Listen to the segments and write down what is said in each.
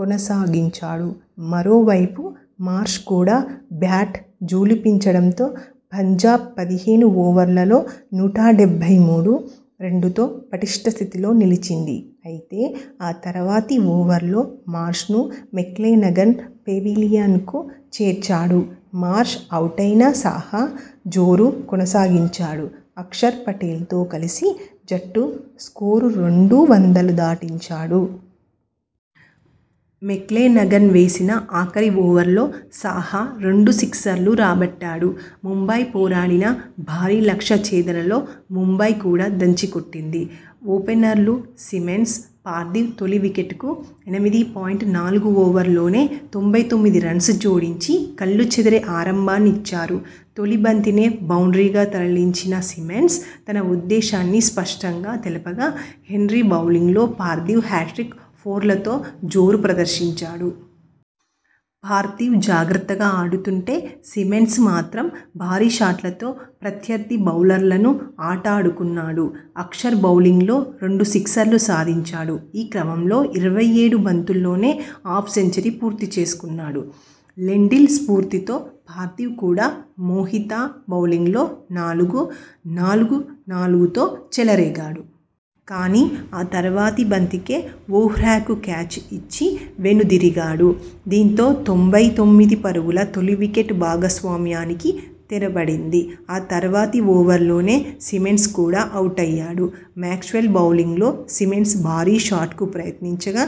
కొనసాగించాడు. మరోవైపు మార్ష్ కూడా బ్యాట్ ఝుళిపించడంతో పంజాబ్ పదిహేను ఓవర్లలో నూట డెబ్బై మూడు, రెండుతో పటిష్ట స్థితిలో నిలిచింది. అయితే ఆ తర్వాతి ఓవర్లో మార్ష్ను మెక్లెనగన్ పెవిలియన్కు చేర్చాడు. మార్ష్ అవుటైనా సాహా జోరు కొనసాగించాడు. అక్షర్ పటేల్ తో కలిసి జట్టు స్కోరు రెండు వందలు దాటించాడు. మెక్లెనగన్ వేసిన ఆఖరి ఓవర్లో సాహా రెండు సిక్సర్లు రాబట్టాడు. ముంబై పోరాడినా, భారీ లక్ష్య ఛేదనలో ముంబై కూడా దంచికొట్టింది. ఓపెనర్లు సిమన్స్, పార్థివ్ తొలి వికెట్కు ఎనిమిది పాయింట్ నాలుగు ఓవర్లలోనే తొంభై తొమ్మిది రన్స్ జోడించి కళ్లు చెదిరే ఆరంభాన్నిచ్చారు. తొలి బంతినే బౌండ్రీగా తరలించిన సిమన్స్ తన ఉద్దేశాన్ని స్పష్టంగా తెలుపగా హెన్రీ బౌలింగ్లో పార్థివ్ హ్యాట్రిక్ ఫోర్లతో జోరు ప్రదర్శించాడు. పార్థివ్ జాగ్రత్తగా ఆడుతుంటే సిమన్స్ మాత్రం భారీ షాట్లతో ప్రత్యర్థి బౌలర్లను ఆటాడుకున్నాడు. అక్షర్ బౌలింగ్లో రెండు సిక్సర్లు సాధించాడు. ఈ క్రమంలో ఇరవై ఏడు బంతుల్లోనే హాఫ్ సెంచరీ పూర్తి చేసుకున్నాడు. లెండిల్ స్ఫూర్తితో పార్థివ్ కూడా మోహిత బౌలింగ్లో నాలుగు, నాలుగు, నాలుగుతో చెలరేగాడు. కానీ.. ఆ తర్వాతి బంతికే వోహ్రాకు క్యాచ్ ఇచ్చి వెనుదిరిగాడు. దీంతో తొంభై తొమ్మిది పరుగుల తొలి వికెట్ భాగస్వామ్యానికి తెరబడింది. ఆ తర్వాతి ఓవర్లోనే సిమన్స్ కూడా అవుటయ్యాడు. మాక్స్వెల్ బౌలింగ్లో సిమన్స్ భారీ షాట్కు ప్రయత్నించగా,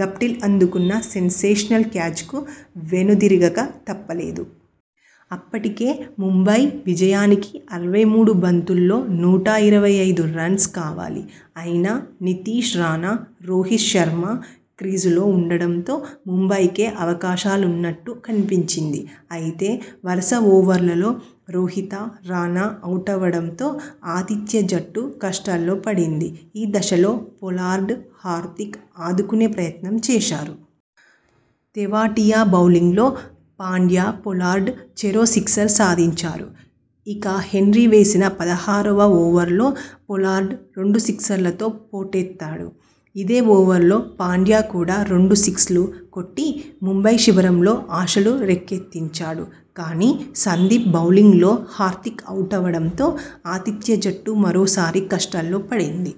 గప్టిల్ అందుకున్న సేన్సేషనల్ క్యాచ్కు వెనుదిరగక తప్పలేదు. అప్పటికె ముంబై విజయానికి అరవై మూడు బంతుల్లో నూట ఇరవై ఐదు రన్స్ కావాలి. అయినా నితీష్ రాణా, రోహిత్ శర్మ క్రీజులో ఉండడంతో ముంబై కే అవకాశాలున్నట్టు కనిపించింది. అయితే, వరుస ఓవర్లలో రోహిత, రాణా అవుటవడంతో ఆతిథ్య జట్టు కష్టాల్లో పడింది. ఈ దశలో పొలార్డ్, హార్దిక్ ఆదుకునే ప్రయత్నం చేశారు. తెవాటియా బౌలింగ్లో పాండ్యా, పొలార్డ్ చెరో సిక్సర్ సాధించారు. ఇక హెన్రీ వేసిన పదహారోవ ఓవర్లో పొలార్డ్ రెండు సిక్సర్లతో పోటెత్తాడు. ఇదే ఓవర్లో పాండ్యా కూడా రెండు సిక్స్లు కొట్టి ముంబై శిబిరంలో ఆశలు రేకెత్తించాడు. కానీ, సందీప్ బౌలింగ్లో హార్దిక్ అవుటవడంతో ఆతిథ్య జట్టు మరోసారి కష్టాల్లో పడింది.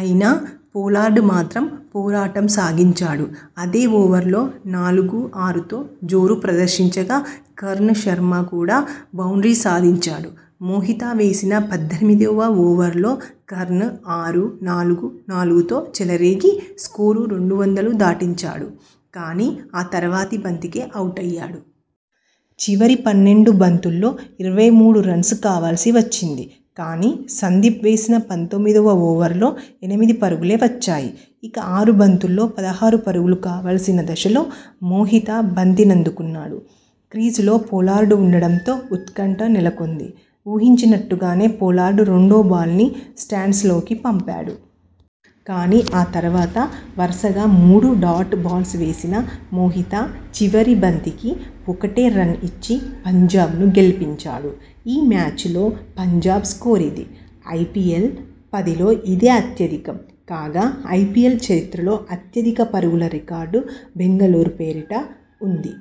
అయినా పొలార్డ్ మాత్రం పోరాటం సాగించాడు. అదే ఓవర్లో నాలుగు, ఆరుతో జోరు ప్రదర్శించగా, కర్ణ్ శర్మ కూడా బౌండ్రీ సాధించాడు. మోహిత వేసిన పద్దెనిమిదోవ ఓవర్లో కర్ణ్ ఆరు, నాలుగు, నాలుగుతో చెలరేగి స్కోరు రెండు వందలు దాటించాడు. కానీ ఆ తర్వాతి బంతికే అవుటయ్యాడు. చివరి పన్నెండు బంతుల్లో ఇరవై మూడు రన్స్ కావాల్సి వచ్చింది. కానీ, సందీప్ వేసిన పంతొమ్మిదోవ ఓవర్లో ఎనిమిది పరుగులే వచ్చాయి. ఇక ఆరు బంతుల్లో పదహారు పరుగులు కావాల్సిన దశలో మోహిత బంతినందుకున్నాడు. క్రీజులో పొలార్డ్ ఉండడంతో ఉత్కంఠ నెలకొంది. ఊహించినట్టుగానే పొలార్డ్ రెండో బాల్ని స్టాండ్స్లోకి పంపాడు. కానీ ఆ తర్వాత వరుసగా మూడు డాట్ బాల్స్ వేసిన మోహిత, చివరి బంతికి ఒకటే రన్ ఇచ్చి పంజాబ్ను గెలిపించాడు. ఈ మ్యాచ్లో పంజాబ్ స్కోరిది. ఐపీఎల్, పదిలో ఇదే అత్యధికం. కాగా, ఐపీఎల్ చరిత్రలో అత్యధిక పరుగుల రికార్డు బెంగళూరు పేరిట ఉంది.